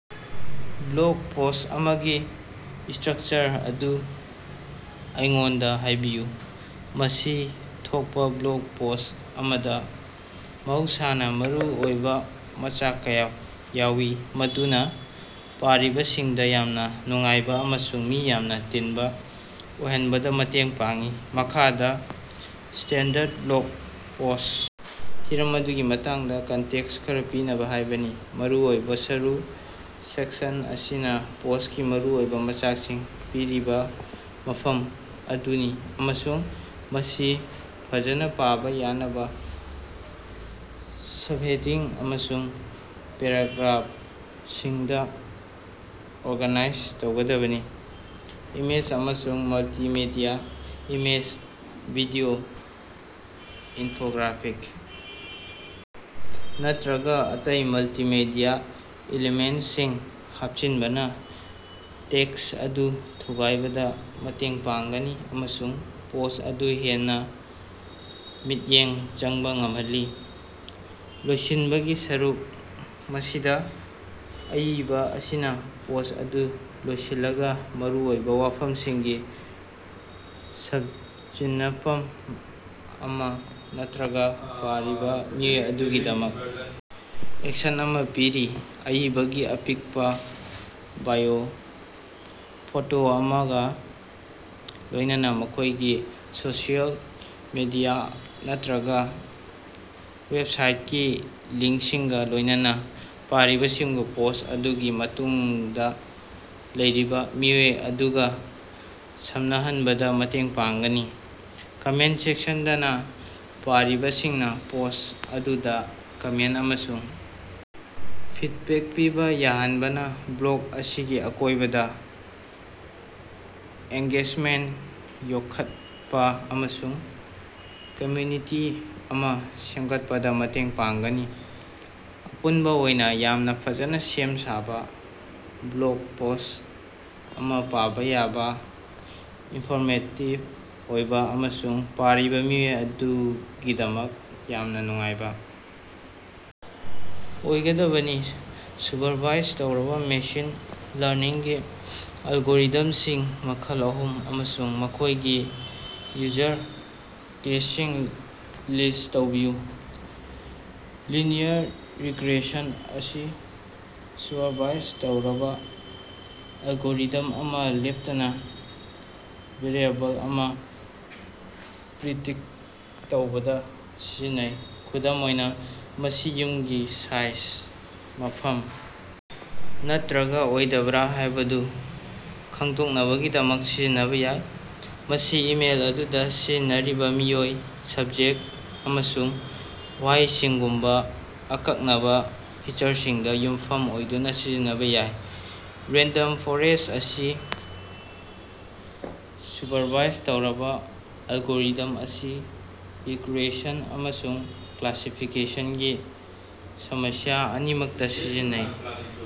Block post ꯑꯃꯒꯤ structure ꯑꯗꯨ ꯑꯩꯉꯣꯟꯗꯥ ꯍꯥꯏꯕꯤꯌꯨ꯫ ꯃꯁꯤ ꯊꯣꯛꯄꯥ ꯕ꯭ꯂꯣꯛ ꯄꯣꯁ ꯑꯃꯗꯥ ꯃꯍꯧꯁꯥꯅꯥ ꯃꯔꯨ ꯑꯣꯏꯕꯥ ꯃꯆꯥꯛ ꯀꯌꯥ ꯌꯥꯎꯏ ꯃꯗꯨꯅꯥ ꯄꯥꯔꯤꯕꯁꯤꯡꯗꯥ ꯌꯥꯝꯅꯥ ꯅꯨꯡꯉꯥꯏꯕꯥ ꯑꯃꯁꯨꯡ ꯃꯤ ꯌꯥꯝꯅꯥ ꯇꯤꯟꯕꯥ ꯑꯣꯏꯍꯟꯕꯗꯥ ꯃꯇꯦꯡ ꯄꯥꯡꯏ꯫ ꯃꯈꯥꯗꯥ ꯁ꯭ꯇꯦꯟꯗꯔꯗ ꯕ꯭ꯂꯣꯛ ꯄꯣꯁ ꯍꯤꯔꯝ ꯑꯗꯨꯒꯤ ꯃꯇꯥꯡꯗꯥ ꯀꯟꯇꯦꯛꯁ ꯈꯔꯥ ꯄꯤꯅꯕꯥ ꯍꯥꯏꯕꯅꯤ꯫ ꯃꯔꯨ ꯑꯣꯏꯕꯥ ꯁꯔꯨꯛ ,ꯁꯦꯛꯁꯟ ꯑꯁꯤꯅꯥ ꯄꯣꯁꯀꯤ ꯃꯔꯨꯑꯣꯏꯕꯥ ꯃꯆꯥꯛꯁꯤꯡ ꯄꯤꯔꯤꯕꯥ ꯃꯐꯝ ꯑꯗꯨꯅꯤ ꯑꯃꯁꯨꯡ ꯃꯁꯤ ꯐꯖꯅꯥ ꯄꯥꯕꯥ ꯌꯥꯅꯕꯥ ꯁꯞꯍꯦꯗꯤꯡ ꯑꯃꯁꯨꯡ ꯄꯦꯔꯥꯒ꯭ꯔꯥꯐꯁꯤꯡꯗꯥ ꯑꯣꯔꯒꯥꯅꯥꯏꯖ ꯇꯧꯒꯗꯕꯅꯤ꯫ ꯏꯃꯦꯖ ꯑꯃꯁꯨꯡ ꯃꯜꯇꯤꯃꯦꯗꯤꯌꯥ: ꯏꯃꯦꯖ, ꯚꯤꯗꯤꯑꯣ, ꯏꯟꯐꯣꯒ꯭ꯔꯥꯐꯤꯛ ꯅꯠꯇ꯭ꯔꯒ ꯑꯇꯩ ꯃꯜꯇꯤꯃꯦꯗꯤꯌꯥ ꯑꯦꯂꯤꯃꯦꯟꯇꯁꯤꯡ ꯍꯥꯞꯆꯤꯟꯕꯅꯥ ꯇꯦꯛꯁ ꯑꯗꯨ ꯊꯨꯒꯥꯏꯕꯗꯥ ꯃꯇꯦꯡ ꯄꯥꯡꯒꯅꯤ ꯑꯃꯁꯨꯡ ꯄꯣꯁ ꯑꯗꯨ ꯍꯦꯟꯅꯥ ꯃꯤꯠꯌꯦꯡ ꯆꯪꯕꯥ ꯉꯝꯍꯜꯂꯤ꯫ ꯂꯣꯏꯁꯤꯟꯕꯒꯤ ꯁꯔꯨꯛ, ꯃꯁꯤꯗꯥ ꯑꯏꯕꯥ ꯑꯁꯤꯅꯥ ꯄꯣꯁ ꯑꯗꯨ ꯂꯣꯏꯁꯤꯜꯂꯒꯥ ꯃꯔꯨ ꯑꯣꯏꯕꯥ ꯋꯥꯐꯝꯁꯤꯡꯒꯤ ꯁꯕꯖꯤꯟꯅꯐꯝ ꯑꯃꯥ ꯅꯠꯇ꯭ꯔꯒꯥ ꯄꯥꯔꯤꯕꯥ ꯃꯤꯑꯣꯏ ꯑꯗꯨꯒꯤꯗꯃꯛ ꯑꯦꯛꯁꯟ ꯑꯃꯥ ꯄꯤꯔꯤ꯫ ꯑꯏꯕꯒꯤ ꯑꯄꯤꯛꯄꯥ ꯕꯥꯏꯑꯣ, ꯐꯣꯇꯣ ꯑꯃꯒꯥ ꯂꯣꯏꯅꯅꯥ ꯃꯈꯣꯏꯒꯤ ꯁꯣꯁꯤꯑꯦꯜ ꯃꯤꯗꯤꯌꯥ ꯅꯠꯇ꯭ꯔꯒꯥ ꯋꯦꯞꯁꯥꯏꯠꯀꯤ ꯂꯤꯡꯁꯤꯡꯒꯥ ꯂꯣꯏꯅꯅꯥ ꯄꯥꯔꯤꯕꯁꯤꯡꯕꯨ ꯄꯣꯁ ꯑꯗꯨꯒꯤ ꯃꯇꯨꯡꯗꯥ ꯂꯩꯔꯤꯕꯥ ꯃꯤꯑꯣꯏ ꯑꯗꯨꯒꯥ ꯁꯝꯅꯍꯟꯕꯗꯥ ꯃꯇꯦꯡ ꯄꯥꯡꯒꯅꯤ꯫ ꯀꯃꯦꯟ ꯁꯦꯛꯁꯟꯗꯅꯥ ꯄꯥꯔꯤꯕꯁꯤꯡꯅꯥ ꯄꯣꯁ ꯑꯗꯨꯗꯥ ꯀꯃꯦꯟ ꯑꯃꯁꯨꯡ ꯐꯤꯠꯕꯦꯛ ꯄꯤꯕꯥ ꯌꯥꯍꯟꯕꯅꯥ ꯕ꯭ꯂꯣꯛ ꯑꯁꯤꯒꯤ ꯑꯀꯣꯏꯕꯗꯥ ꯑꯦꯡꯒꯦꯖꯃꯦꯟꯇ ꯌꯣꯛꯈꯠꯄꯥ ꯑꯃꯁꯨꯡ ꯀꯝꯃ꯭ꯌꯨꯅꯤꯇꯤ ꯑꯃꯥ ꯁꯦꯝꯒꯠꯄꯗꯥ ꯃꯇꯦꯡ ꯄꯥꯡꯒꯅꯤ꯫ ꯑꯄꯨꯟꯕꯥ ꯑꯣꯏꯅꯥ, ꯌꯥꯝꯅꯥ ꯐꯖꯅꯥ ꯁꯦꯝ ꯁꯥꯕꯥ ꯕ꯭ꯂꯣꯛ ꯄꯣꯁ ꯑꯃꯥ ꯄꯥꯕꯥ ꯌꯥꯕꯥ, ꯏꯟꯐꯣꯔꯃꯦꯇꯤꯕ ꯑꯣꯏꯕꯥ ꯑꯃꯁꯨꯡ ꯄꯥꯔꯤꯕꯥ ꯃꯤꯑꯣꯏ ꯑꯗꯨꯒꯤꯗꯃꯛ ꯌꯥꯝꯅꯥ ꯅꯨꯡꯉꯥꯏꯕꯥ ꯑꯣꯏꯒꯗꯕꯅꯤ꯫ ꯁꯨꯄꯔꯚꯥꯏꯖ ꯇꯧꯔꯕꯥ ꯃꯦꯁꯤꯟ ꯂꯥꯔꯅꯤꯡꯒꯤ ꯑꯦꯜꯒꯣꯔꯤꯊꯝꯁꯤꯡ ꯃꯈꯜ ꯑꯍꯨꯝ ꯑꯃꯁꯨꯡ ꯃꯈꯣꯏꯒꯤ ꯌꯨꯖꯔ ꯀꯦꯁꯁꯤꯡ ꯂꯤꯁ ꯇꯧꯕꯤꯌꯨ꯫ ꯂꯤꯅꯤꯌꯔ ꯔꯤꯒ꯭ꯔꯦꯁꯟ ꯑꯁꯤ ꯁꯨꯄꯔꯚꯥꯏꯖ ꯇꯧꯔꯕꯥ ꯑꯦꯜꯒꯣꯔꯤꯊꯝ ꯑꯃꯥ ꯂꯦꯞꯇꯅꯥ ꯚꯦꯔꯤꯑꯦꯕꯜ ꯑꯃꯥ ꯄ꯭ꯔꯤꯗꯤꯛꯇ ꯇꯧꯕꯗꯥ ꯁꯤꯖꯤꯟꯅꯩ꯫ ꯈꯨꯗꯝ ꯑꯣꯏꯅꯥ, ꯃꯁꯤ ꯌꯨꯝꯒꯤ ꯁꯥꯏꯖ, ꯃꯐꯝ, ꯅꯠꯇ꯭ꯔꯒꯥ ꯑꯣꯏꯗꯕ꯭ꯔꯥ ꯍꯥꯏꯕꯗꯨ ꯈꯪꯗꯣꯛꯅꯕꯒꯤꯗꯃꯛ ꯁꯤꯖꯤꯟꯅꯕꯥ ꯌꯥꯏ, ꯃꯁꯤ ꯏꯃꯦꯜ ꯑꯗꯨꯗꯥ ꯁꯤꯖꯤꯟꯅꯔꯤꯕꯥ ꯃꯤꯑꯣꯏ, ꯁꯕꯖꯦꯛ ꯑꯃꯁꯨꯡ ꯋꯥꯍꯩꯁꯤꯡꯒꯨꯝꯕꯥ ꯑꯀꯛꯅꯕꯥ ꯐꯤꯆꯔꯁꯤꯡꯗꯥ ꯌꯨꯝꯐꯝ ꯑꯣꯏꯗꯨꯅꯥ ꯁꯤꯖꯤꯟꯅꯕꯥ ꯌꯥꯏ꯫ ꯔꯦꯟꯗꯝ ꯐꯣꯔꯦꯁ ꯑꯁꯤ ꯁꯨꯄꯔꯚꯥꯏꯖ ꯇꯧꯔꯕꯥ ꯑꯦꯜꯒꯣꯔꯤꯊꯝ ꯑꯁꯤ ꯔꯤꯒ꯭ꯔꯦꯁꯟ ꯑꯃꯁꯨꯡ ꯀ꯭ꯂꯥꯁꯤꯐꯤꯀꯦꯁꯟꯒꯤ ꯁꯃꯁ꯭ꯌꯥ ꯑꯅꯤꯃꯛꯇꯥ ꯁꯤꯖꯤꯟꯅꯩ꯫